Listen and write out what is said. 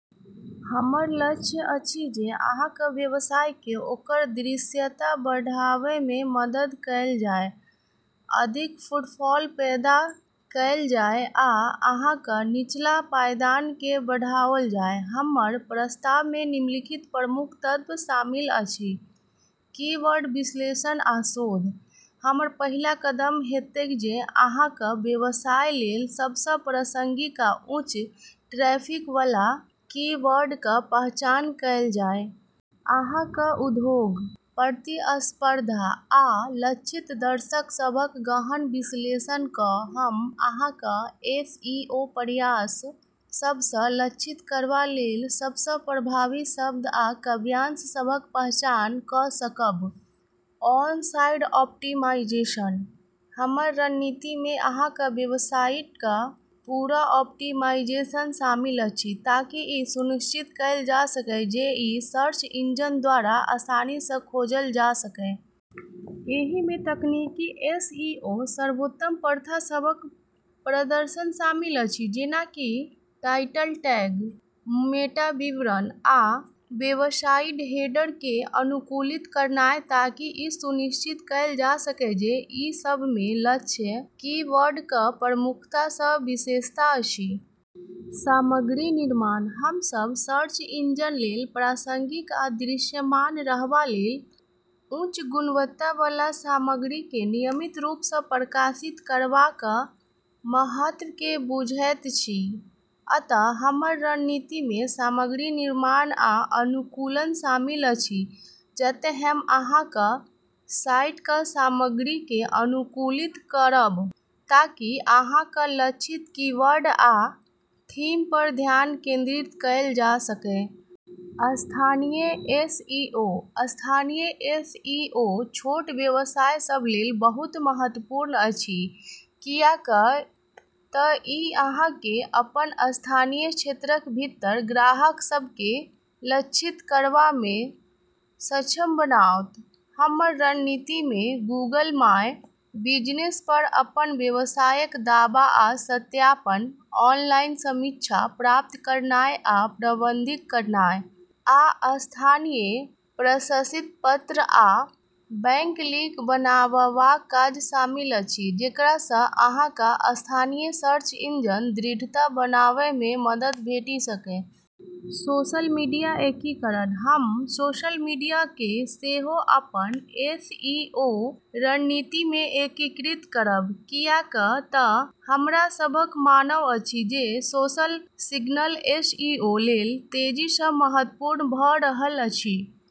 हमर लक्ष्य अछि जे अहाँक व्यवसाय केँ ओकर दृश्यता बढ़ाबय मे मदद कएल जाए, अधिक फुटफॉल पैदा कएल जाए आ अहाँक निचला पायदान केँ बढ़ाओल जाए। हमर प्रस्ताव मे निम्नलिखित प्रमुख तत्व शामिल अछि: कीवर्ड विश्लेषण आ शोध: हमर पहिल कदम हेतैक जे अहाँक व्यवसाय लेल सब सँ प्रासंगिक आ उच्च ट्रैफिक बला कीवर्डक पहचान कएल जाए। अहाँक उद्योग, प्रतिस्पर्धा, आ लक्षित दर्शक सभक गहन विश्लेषण कऽ हम अहाँक एसईओ प्रयास सभ सँ लक्षित करबा लेल सब सँ प्रभावी शब्द आ वाक्यांश सभक पहचान कऽ सकब। ऑन-साइट ऑप्टिमाइजेशन: हमर रणनीति मे अहाँक वेबसाइटक पूरा ऑप्टिमाइजेशन शामिल अछि ताकि ई सुनिश्चित कएल जा सकए जे ई सर्च इंजन द्वारा आसानी सँ खोजल जा सकए। एहि मे तकनीकी एसईओ सर्वोत्तम प्रथा सभक प्रदर्शन शामिल अछि, जेना कि टाइटल टैग, मेटा विवरण, आ वेबसाइट हेडर केँ अनुकूलित करनाय ताकि ई सुनिश्चित कएल जा सकए जे ई सभ मे लक्ष्य कीवर्डक प्रमुखता सँ विशेषता अछि। सामग्री निर्माण: हम सभ सर्च इंजन लेल प्रासंगिक आ दृश्यमान रहबा लेल उच्च गुणवत्ता बला सामग्री केँ नियमित रूप सँ प्रकाशित करबाक महत्व केँ बुझैत छी। अतः हमर रणनीति मे सामग्री निर्माण आ अनुकूलन शामिल अछि, जतए हम अहाँक साइटक सामग्री केँ अनुकूलित करब ताकि अहाँक लक्षित कीवर्ड आ थीम पर ध्यान केंद्रित कएल जा सकए। स्थानीय एसईओ: स्थानीय एसईओ छोट व्यवसाय सभ लेल बहुत महत्वपूर्ण अछि, कियाक तँ ई अहाँ केँ अपन स्थानीय क्षेत्रक भीतर ग्राहक सभ केँ लक्षित करबा मे सक्षम बनाओत। हमर रणनीति मे गूगल माय बिजनेस पर अपन व्यवसायक दावा आ सत्यापन, ऑनलाइन समीक्षा प्राप्त करनाय आ प्रबंधित करनाय, आ स्थानीय प्रशस्ति पत्र आ बैकलिंक बनाबबाक काज शामिल अछि जेकरा सँ अहाँक स्थानीय सर्च इंजन दृश्यता बढ़ाबय मे मदद भेटि सकए। सोशल मीडिया एकीकरण: हम सोशल मीडिया केँ सेहो अपन एसईओ रणनीति मे एकीकृत करब, कियाक तँ हमरा सभक मानब अछि जे सोशल सिग्नल एसईओ लेल तेजी सँ महत्वपूर्ण भऽ रहल अछि।